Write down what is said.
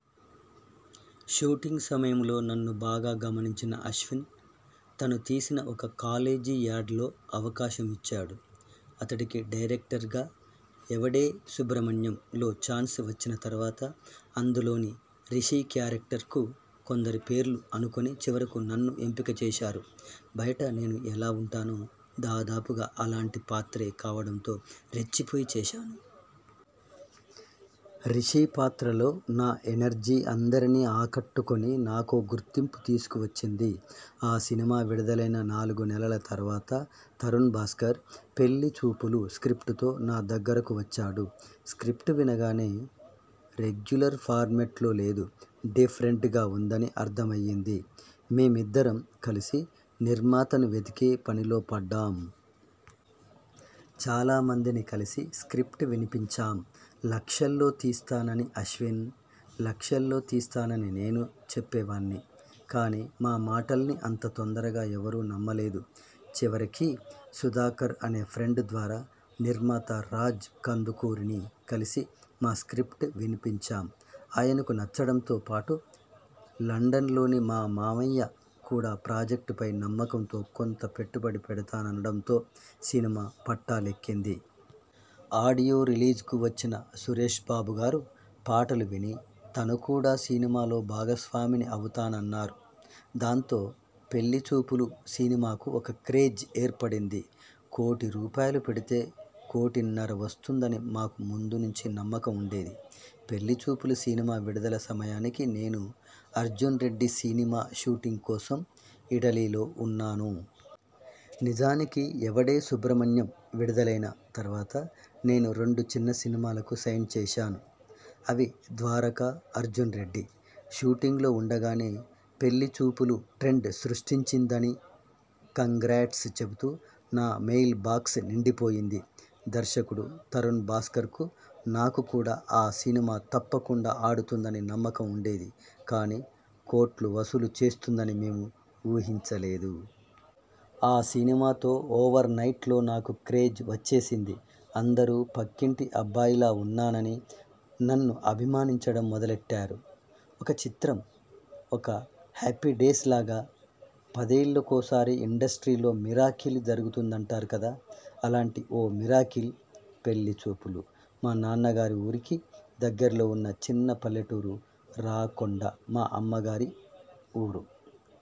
Shooting సమయంలో నన్ను బాగా గమనించిన అశ్విన్ తను తీసిన ఒక కాలేజీ యాడ్లో అవకాశం ఇచ్చాడు. అతడికి డైరెక్టర్గా 'ఎవడే సుబ్రమణ్యం'లో ఛాన్స్ వచ్చిన తర్వాత అందులోని రిషి క్యారెక్టర్కు కొందరి పేర్లు అనుకుని చివరకు నన్ను ఎంపిక చేశారు. బయట నేను ఎలా ఉంటానో దాదాపుగా అలాంటి పాత్రే కావడంతో రెచ్చిపోయి చేశాను. 'రిషి' పాత్రలో నా ఎనర్జీ అందర్నీ ఆకట్టుకుని నాకో గుర్తింపు తీసుకొచ్చింది. ఆ సినిమా విడుదలైన నాలుగు నెలల తర్వాత తరుణ్ భాస్కర్ 'పెళ్లిచూపులు' స్ర్కిప్టుతో నా దగ్గరకు వచ్చాడు. స్ర్కిప్టు వినగానే రెగ్యులర్ ఫార్మాట్లో లేదు, డిఫరెంట్గా ఉందని అర్థమయ్యింది. మేమిద్దరం కలిసి నిర్మాతను వెతికే పనిలో పడ్డాం. చాలామందిని కలిసి స్ర్కిప్టు వినిపించాం. లక్షల్లో తీస్తానని అశ్విన్, లక్షల్లో తీస్తామని నేను చెప్పేవాణ్ణి. కానీ మా మాటల్ని అంత తొందరగా ఎవరూ నమ్మలేదు. చివరికి సుధాకర్ అనే ఫ్రెండ్ ద్వారా నిర్మాత రాజ్ కందుకూరిని కలిసి మా స్ర్కిప్టు వినిపించాం. ఆయనకు నచ్చడంతో పాటు లండన్లోని మా మావయ్య కూడా ప్రాజెక్టుపై నమ్మకంతో కొంత పెట్టుబడి పెడతాననడంతో సినిమా పట్టాలెక్కింది. ఆడియో రిలీజ్కు వచ్చిన సురేష్బాబుగారు పాటలు విని తను కూడా సినిమాలో భాగస్వామిని అవుతానన్నారు. దాంతో 'పెళ్లిచూపులు' సినిమాకు ఒక క్రేజ్ ఏర్పడింది. కోటి రూపాయలు పెడితే కోటిన్నర వస్తుందని మాకు ముందు నుంచి నమ్మకం ఉండేది. 'పెళ్లిచూపులు' సినిమా విడుదల సమయానికి నేను 'అర్జున్రెడ్డి' సినిమా షూటింగ్ కోసం ఇటలీలో ఉన్నాను. నిజానికి 'ఎవడే సుబ్రమణ్యం' విడుదలైన తర్వాత నేను రెండు చిన్న సినిమాలకు సైన్ చేశాను. అవి 'ద్వారక', 'అర్జున్రెడ్డి'. షూటింగ్లో ఉండగానే 'పెళ్లిచూపులు' ట్రెండ్ సృష్టించిందని 'కంగ్రాట్స్' చెబుతూ నా మెయిల్బాక్స్ నిండిపోయింది. దర్శకుడు తరుణ్ భాస్కర్కు నాకు కూడా ఆ సినిమా తప్పకుండా ఆడుతుందని నమ్మకం ఉండేది కానీ కోట్లు వసూలు చేస్తుందని మేము ఊహించలేదు. ఆ సినిమాతో ఓవర్నైట్లో నాకు క్రేజ్ వచ్చేసింది. అందరూ పక్కింటి అబ్బాయిలా ఉన్నానని నన్ను అభిమానించడం మొదలెట్టారు. ఒక 'చిత్రం', ఒక 'హ్యాపీడేస్'లాగా పదేళ్లకోసారి ఇండస్ట్రీలో మిరాకిల్ జరుగుతుందంటారు కదా అలాంటి ఓ మిరాకిల్ 'పెళ్లిచూపులు'. మా నాన్నగారి ఊరికి దగ్గర్లో ఉన్న చిన్న పల్లెటూరు 'రాకొండ' మా అమ్మగారి ఊరు.